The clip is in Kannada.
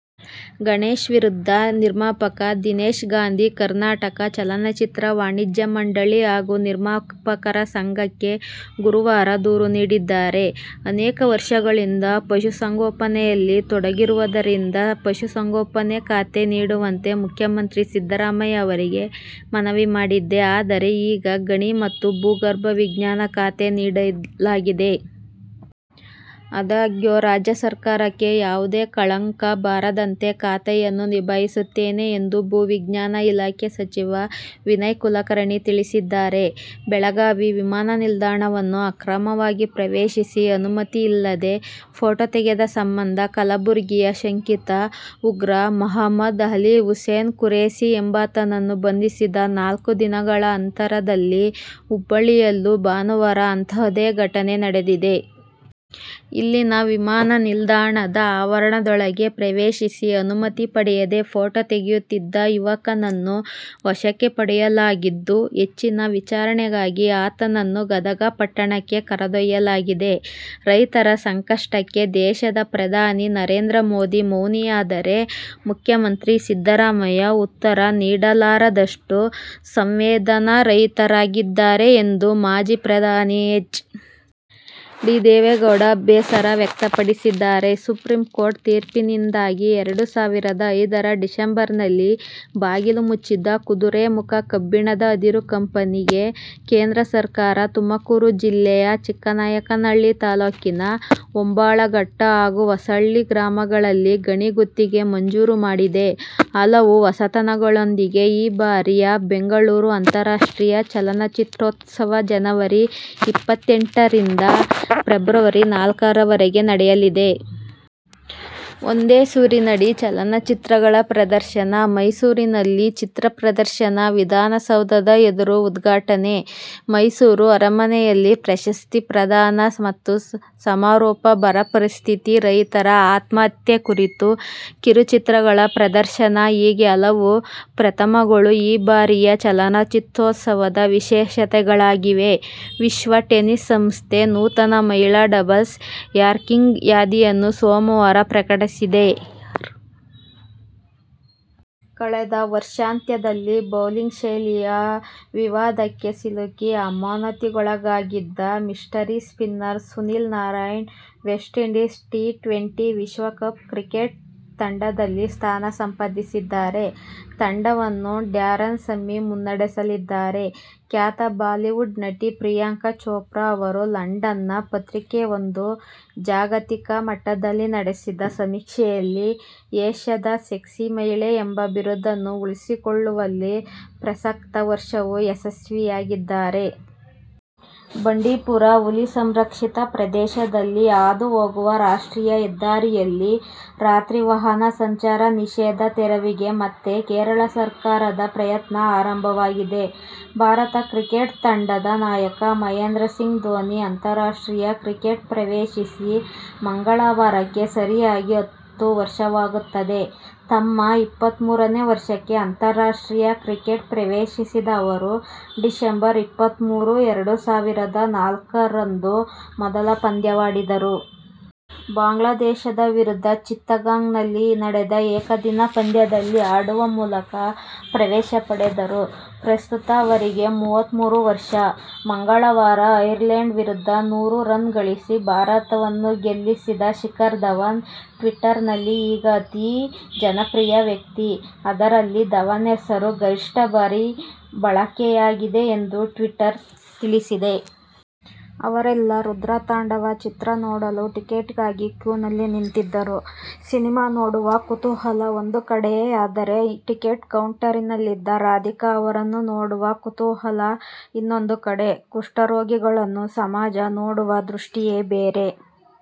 ಗಣೇಶ್ ವಿರುದ್ಧ ನಿರ್ಮಾಪಕ ದಿನೇಶ್ ಗಾಂಧಿ ಕರ್ನಾಟಕ ಚಲನಚಿತ್ರ ವಾಣಿಜ್ಯ ಮಂಡಳಿ ಹಾಗೂ ನಿರ್ಮಾಪಕರ ಸಂಘಕ್ಕೆ ಗುರುವಾರ ದೂರು ನೀಡಿದ್ದಾರೆ. ಅನೇಕ ವರ್ಷಗಳಿಂದ ಪಶುಸಂಗೋಪನೆಯಲ್ಲಿ ತೊಡಗಿರುವುದರಿಂದ ಪಶುಸಂಗೋಪನೆ ಖಾತೆ ನೀಡುವಂತೆ ಮುಖ್ಯಮಂತ್ರಿ ಸಿದ್ದರಾಮಯ್ಯ ಅವರಿಗೆ ಮನವಿ ಮಾಡಿದ್ದೆ. ಆದರೆ ಈಗ ಗಣಿ ಮತ್ತು ಭೂಗರ್ಭ ವಿಜ್ಞಾನ ಖಾತೆ ನೀಡಲಾಗಿದೆ. ಆದಾಗ್ಯೂ ರಾಜ್ಯ ಸರ್ಕಾರಕ್ಕೆ ಯಾವುದೇ ಕಳಂಕ ಬಾರದಂತೆ ಖಾತೆಯನ್ನು ನಿಭಾಯಿಸುತ್ತೇನೆ ಎಂದು ಭೂವಿಜ್ಞಾನ ಇಲಾಖೆ ಸಚಿವ ವಿನಯ ಕುಲಕರ್ಣಿ ತಿಳಿಸಿದ್ದಾರೆ. ಬೆಳಗಾವಿ ವಿಮಾನ ನಿಲ್ದಾಣವನ್ನು ಅಕ್ರಮವಾಗಿ ಪ್ರವೇಶಿಸಿ ಅನುಮತಿ ಇಲ್ಲದೇ ಫೋಟೋ ತೆಗೆದ ಸಂಬಂಧ ಕಲಬುರಗಿಯ ಶಂಕಿತ ಉಗ್ರ ಮಹಮ್ಮದ್ ಅಲಿ ಹುಸೇನ್ ಖುರೇಶಿ ಎಂಬಾತನನ್ನು ಬಂಧಿಸಿದ ನಾಲ್ಕು ದಿನಗಳ ಅಂತರದಲ್ಲಿ ಹುಬ್ಬಳ್ಳಿಯಲ್ಲೂ ಭಾನುವಾರ ಅಂತಹುದೇ ಘಟನೆ ನಡೆದಿದೆ. ಇಲ್ಲಿನ ವಿಮಾನ ನಿಲ್ದಾಣದ ಆವರಣದೊಳಕ್ಕೆ ಪ್ರವೇಶಿಸಿ ಅನುಮತಿ ಪಡೆಯದೇ ಫೋಟೋ ತೆಗೆಯುತ್ತಿದ್ದ ಯುವಕನನ್ನು ವಶಕ್ಕೆ ಪಡೆಯಲಾಗಿದ್ದು ಹೆಚ್ಚಿನ ವಿಚಾರಣೆಗಾಗಿ ಆತನನ್ನು ಗದಗ ಪಟ್ಟಣಕ್ಕೆ ಕರೆದೊಯ್ಯಲಾಗಿದೆ. ರೈತರ ಸಂಕಷ್ಟಕ್ಕೆ ದೇಶದ ಪ್ರಧಾನಿ ನರೇಂದ್ರ ಮೋದಿ ಮೌನಿಯಾದರೆ ಮುಖ್ಯಮಂತ್ರಿ ಸಿದ್ದರಾಮಯ್ಯ ಉತ್ತರ ನೀಡಲಾರದಷ್ಟು ಸಂವೇದನಾರಹಿತರಾಗಿದ್ದಾರೆ ಎಂದು ಮಾಜಿ ಪ್ರಧಾನಿ ಎಚ್. ಡಿ. ದೇವೇಗೌಡ ಬೇಸರ ವ್ಯಕ್ತಪಡಿಸಿದ್ದಾರೆ. ಸುಪ್ರೀಂಕೋರ್ಟ್ ತೀರ್ಪಿನಿಂದಾಗಿ ಎರಡು ಸಾವಿರದ ಐದರ ಡಿಸೆಂಬರ್‌ನಲ್ಲಿ ಬಾಗಿಲು ಮುಚ್ಚಿದ ಕುದುರೆಮುಖ ಕಬ್ಬಿಣದ ಅದಿರು ಕಂಪನಿಗೆ ಕೇಂದ್ರ ಸರ್ಕಾರ ತುಮಕೂರು ಜಿಲ್ಲೆಯ ಚಿಕ್ಕನಾಯಕನಹಳ್ಳಿ ತಾಲೂಕಿನ ಹೊಂಬಾಳಘಟ್ಟ ಹಾಗೂ ಹೊಸಹಳ್ಳಿ ಗ್ರಾಮಗಳಲ್ಲಿ ಗಣಿ ಗುತ್ತಿಗೆ ಮಂಜೂರು ಮಾಡಿದೆ. ಹಲವು ಹೊಸತನಗಳೊಂದಿಗೆ ಈ ಬಾರಿಯ ಬೆಂಗಳೂರು ಅಂತಾರಾಷ್ಟ್ರೀಯ ಚಲನಚಿತ್ರೋತ್ಸವ ಜನವರಿ ಇಪ್ಪತ್ತೆಂಟರಿಂದ ಫೆಬ್ರವರಿ ನಾಲ್ಕರವರೆಗೆ ನಡೆಯಲಿದೆ. ಒಂದೇ ಸೂರಿನಡಿ ಚಲನಚಿತ್ರಗಳ ಪ್ರದರ್ಶನ ಮೈಸೂರಿನಲ್ಲೂ ಚಿತ್ರಪ್ರದರ್ಶನ ವಿಧಾನಸೌಧದ ಎದುರು ಉದ್ಘಾಟನೆ ಮೈಸೂರು ಅರಮನೆಯಲ್ಲಿ ಪ್ರಶಸ್ತಿ ಪ್ರದಾನ ಮತ್ತು ಸಮಾರೋಪ ಬರ ಪರಿಸ್ಥಿತಿ ರೈತರ ಆತ್ಮಹತ್ಯೆ ಕುರಿತಂತೆ ಕಿರುಚಿತ್ರಗಳ ಪ್ರದರ್ಶನ ಹೀಗೆ ಹಲವು ಪ್ರಥಮಗಳು ಈ ಬಾರಿಯ ಚಲನಚಿತ್ರೋತ್ಸವದ ವಿಶೇಷತೆಗಳಾಗಿವೆ. ವಿಶ್ವ ಟೆನಿಸ್ ಸಂಸ್ಥೆ ನೂತನ ಮಹಿಳಾ ಡಬಲ್ಸ್ ರ್ಯಾಂಕಿಂಗ್ ಯಾದಿಯನ್ನು ಸೋಮವಾರ ಪ್ರಕಟಿಸಿದೆ. ಕಳೆದ ವರ್ಷಾಂತ್ಯದಲ್ಲಿ ಬೌಲಿಂಗ್ ಶೈಲಿಯ ವಿವಾದಕ್ಕೆ ಸಿಲುಕಿ ಅಮಾನತಿಗೊಳಗಾಗಿದ್ದ mystery spinner Sunil Narine West Indies T twenty ವಿಶ್ವಕಪ್ ಕ್ರಿಕೆಟ್ ತಂಡದಲ್ಲಿ ಸ್ಥಾನ ಸಂಪಾದಿಸಿದ್ದಾರೆ. ತಂಡವನ್ನು ಡ್ಯಾರನ್ ಸಮ್ಮಿ ಮುನ್ನಡೆಸಲಿದ್ದಾರೆ. ಖ್ಯಾತ ಬಾಲಿವುಡ್ ನಟಿ ಪ್ರಿಯಾಂಕಾ ಚೋಪ್ರಾ ಅವರು ಲಂಡನ್‌ನ ಪತ್ರಿಕೆಯೊಂದು ಜಾಗತಿಕ ಮಟ್ಟದಲ್ಲಿ ನಡೆಸಿದ ಸಮೀಕ್ಷೆಯಲ್ಲಿ ಏಷ್ಯಾದ ಸೆಕ್ಸಿ ಮಹಿಳೆ ಎಂಬ ಬಿರುದನ್ನು ಉಳಿಸಿಕೊಳ್ಳುವಲ್ಲಿ ಪ್ರಸಕ್ತ ವರ್ಷವೂ ಯಶಸ್ವಿಯಾಗಿದ್ದಾರೆ. ಬಂಡೀಪುರ ಹುಲಿ ಸಂರಕ್ಷಿತ ಪ್ರದೇಶದಲ್ಲಿ ಹಾದು ಹೋಗುವ ರಾಷ್ಟ್ರೀಯ ಹೆದ್ದಾರಿಯಲ್ಲಿ ರಾತ್ರಿ ವಾಹನ ಸಂಚಾರ ನಿಷೇಧ ತೆರವಿಗೆ ಮತ್ತೆ ಕೇರಳ ಸರ್ಕಾರದ ಪ್ರಯತ್ನ ಆರಂಭವಾಗಿದೆ. ಭಾರತ ಕ್ರಿಕೆಟ್ ತಂಡದ ನಾಯಕ ಮಹೇಂದ್ರಸಿಂಗ್ ಧೋನಿ ಅಂತಾರಾಷ್ಟ್ರೀಯ ಕ್ರಿಕೆಟ್ ಪ್ರವೇಶಿಸಿ ಮಂಗಳವಾರಕ್ಕೆ ಸರಿಯಾಗಿ ಹತ್ತು ವರ್ಷವಾಗುತ್ತದೆ. ತಮ್ಮ ಇಪ್ಪತ್ತಮೂರನೇ ವರ್ಷಕ್ಕೆ ಅಂತಾರಾಷ್ಟ್ರೀಯ ಕ್ರಿಕೆಟ್ ಪ್ರವೇಶಿಸಿದ ಅವರು ಡಿಸೆಂಬರ್ ಇಪ್ಪತ್ತಮೂರು ಎರಡು ಸಾವಿರದ ನಾಲ್ಕರಂದು ಮೊದಲ ಪಂದ್ಯವಾಡಿದ್ದರು. ಬಾಂಗ್ಲಾದೇಶದ ವಿರುದ್ಧ ಚಿತ್ತಗಾಂಗ್‌ನಲ್ಲಿ ನಡೆದ ಏಕದಿನ ಪಂದ್ಯದಲ್ಲಿ ಆಡುವ ಮೂಲಕ ಪ್ರವೇಶ ಪಡೆದರು. ಪ್ರಸ್ತುತ ಅವರಿಗೆ ಮೂವತ್ತಮೂರು ವರ್ಷ. ಮಂಗಳವಾರ ಐರ್ಲೆಂಡ್ ವಿರುದ್ಧ ನೂರು ರನ್ ಗಳಿಸಿ ಭಾರತವನ್ನು ಗೆಲ್ಲಿಸಿದ ಶಿಖರ್ ಧವನ್ ಟ್ವಿಟರ್‌ನಲ್ಲಿ ಈಗ ಅತಿ ಜನಪ್ರಿಯ ವ್ಯಕ್ತಿ. ಅದರಲ್ಲಿ ಧವನ್ ಹೆಸರು ಗರಿಷ್ಠ ಬಾರಿ ಬಳಕೆಯಾಗಿದೆ ಎಂದು ಟ್ವಿಟರ್ ತಿಳಿಸಿದೆ. ಅವರೆಲ್ಲ ರುದ್ರತಾಂಡವ ಚಿತ್ರ ನೋಡಲು ಟಿಕೆಟ್ಗಾಗಿ ಕ್ಯೂನಲ್ಲಿ ನಿಂತಿದ್ದರು. ಸಿನಿಮಾ ನೋಡುವ ಕುತೂಹಲ ಒಂದು ಕಡೆಯಾದರೆ ಟಿಕೆಟ್ ಕೌಂಟರ್‌ನಲ್ಲಿದ್ದ ರಾಧಿಕಾ ಅವರನ್ನು ನೋಡುವ ಕುತೂಹಲ ಇನ್ನೊಂದು ಕಡೆ. ಕುಷ್ಠರೋಗಿಗಳನ್ನು ಸಮಾಜ ನೋಡುವ ದೃಷ್ಟಿಯೇ ಬೇರೆ.